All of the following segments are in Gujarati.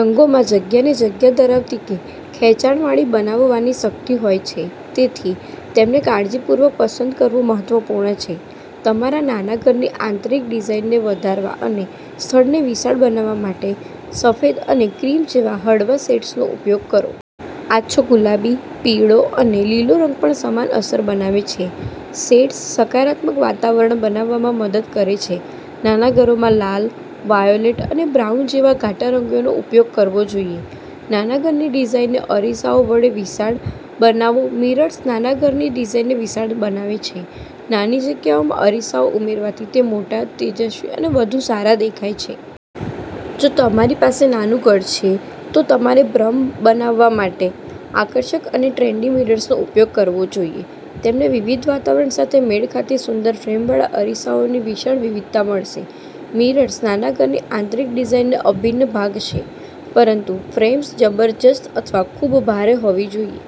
રંગોમાં જગ્યાને જગ્યા ધરાવતી કે ખેંચાણવાળી બનાવવાની શક્તિ હોય છે. તેથી, તેમને કાળજીપૂર્વક પસંદ કરવું મહત્વપૂર્ણ છે. તમારા નાના ઘરની આંતરિક ડિઝાઇનને વધારવા અને સ્થળને વિશાળ બનાવવા માટે, સફેદ અને ક્રીમ જેવા હળવા શેડ્સનો ઉપયોગ કરો. આછો ગુલાબી, પીળો અને લીલો રંગ પણ સમાન અસર બનાવે છે. શેડ્સ સકારાત્મક વાતાવરણ બનાવવામાં મદદ કરે છે. નાના ઘરોમાં લાલ, વાયોલેટ અને બ્રાઉન જેવા ઘાટા રંગોનો ઉપયોગકરવો જોઈએ. નાના ઘરની ડિઝાઇનને અરીસાઓ વડે વિશાળ બનાવોમિરર્સ નાના ઘરની ડિઝાઇનને વિશાળ બનાવે છે નાની જગ્યાઓમાં અરીસાઓ ઉમેરવાથી તે મોટા, તેજસ્વી અને વધુ સારા દેખાય છે. જો તમારી પાસે નાનું ઘર છે, તો તમારેભ્રમ બનાવવા માટે આકર્ષક અને ટ્રેન્ડી મિરર્સનો ઉપયોગ કરવો જોઈએ. તેમને વિવિધ વાતાવરણ સાથે મેળ ખાતી સુંદર ફ્રેમવાળા અરીસાઓની વિશાળ વિવિધતા મળશે. મિરર્સ નાના ઘરની આંતરિક ડિઝાઇનનો અભિન્ન ભાગ છે, પરંતુ ફ્રેમ્સ જબરજસ્ત અથવા ખૂબ ભારેહોવી જોઈએ.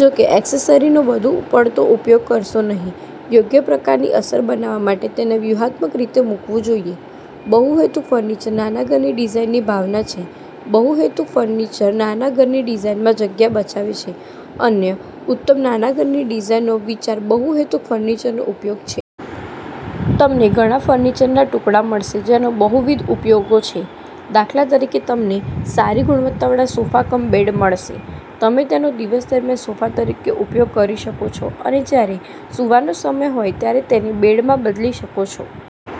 જો કે, એક્સેસરીનો વધુ પડતો ઉપયોગ કરશો નહીં. યોગ્ય પ્રકારની અસર બનાવવા માટે તેને વ્યૂહાત્મક રીતે મૂકવું જોઈએ. બહુહેતુક ફર્નિચરનાના ઘરની ડિઝાઇનની ભાવના છે બહુહેતુક ફર્નિચર નાના ઘરની ડિઝાઇનમાં જગ્યા બચાવે છે અન્ય ઉત્તમ નાના ઘરની ડિઝાઇનનો વિચારબહુહેતુક ફર્નિચરનો ઉપયોગ છે. તમને ઘણા ફર્નિચરના ટુકડા મળશે જેનો બહુવિધ ઉપયોગો છે. દાખલા તરીકે, તમને સારી ગુણવત્તાવાળા સોફા કમ બેડ મળશે. તમે તેનો દિવસ દરમિયાન સોફા તરીકે ઉપયોગ કરી શકો છો અને જ્યારે સૂવાનો સમય હોય ત્યારે તેને બેડમાં બદલી શકો છો.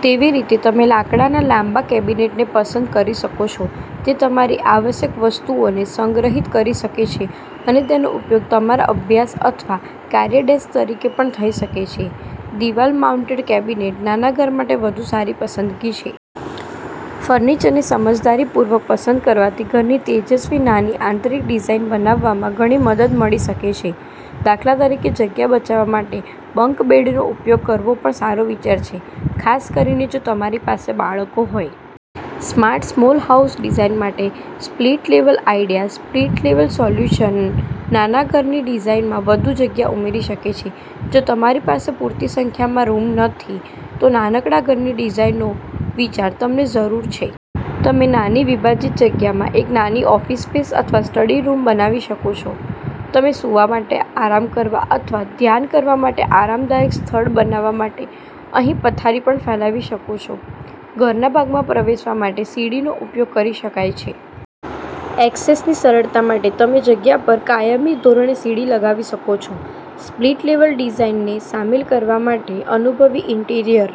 તેવીરીતે, તમે લાકડાના લાંબા કેબિનેટને પસંદ કરી શકો છો જે તમારી આવશ્યક વસ્તુઓને સંગ્રહિત કરી શકે છે અને તેનો ઉપયોગ તમારા અભ્યાસ અથવા કાર્ય ડેસ્ક તરીકે પણ થઈ શકે છે. દિવાલ-માઉન્ટેડ કેબિનેટનાના ઘર માટે વધુ સારી પસંદગી છે. ફર્નિચરને સમજદારીપૂર્વક પસંદ કરવાથી ઘરની તેજસ્વી નાની આંતરિક ડિઝાઇન બનાવવામાં ઘણી મદદ મળી શકે છે. દાખલા તરીકે, જગ્યા બચાવવા માટે બંક બેડનો ઉપયોગ કરવોપણ સારો વિચાર છે, ખાસ કરીને જો તમારી પાસે બાળકો હોય. સ્માર્ટ સ્મોલ હાઉસ ડિઝાઇન માટે split level idea split level solutions નાના ઘરની ડિઝાઇનમાં વધુ જગ્યા ઉમેરી શકે છે જો તમારી પાસે પૂરતી સંખ્યામાં રૂમ નથી, તોનાનકડા ઘરની ડિઝાઇનનો વિચાર તમને જરૂર છે. તમે નાની વિભાજીત જગ્યામાં એક નાની ઓફિસ સ્પેસ અથવા સ્ટડી રૂમ બનાવી શકો છો. તમે સૂવા માટે, આરામ કરવા અથવા ધ્યાન કરવા માટે આરામદાયક સ્થળ બનાવવા માટે અહીં પથારી પણ ફેલાવી શકો છો. ઘરનાભાગમાં પ્રવેશવા માટે સીડીનો ઉપયોગ કરી શકાય છે. ઍક્સેસની સરળતા માટે તમેજગ્યા પર કાયમી ધોરણે સીડી લગાવી શકો છો. સ્પ્લિટ-લેવલ ડિઝાઇનને સામેલ કરવા માટે અનુભવી ઇન્ટિરિયર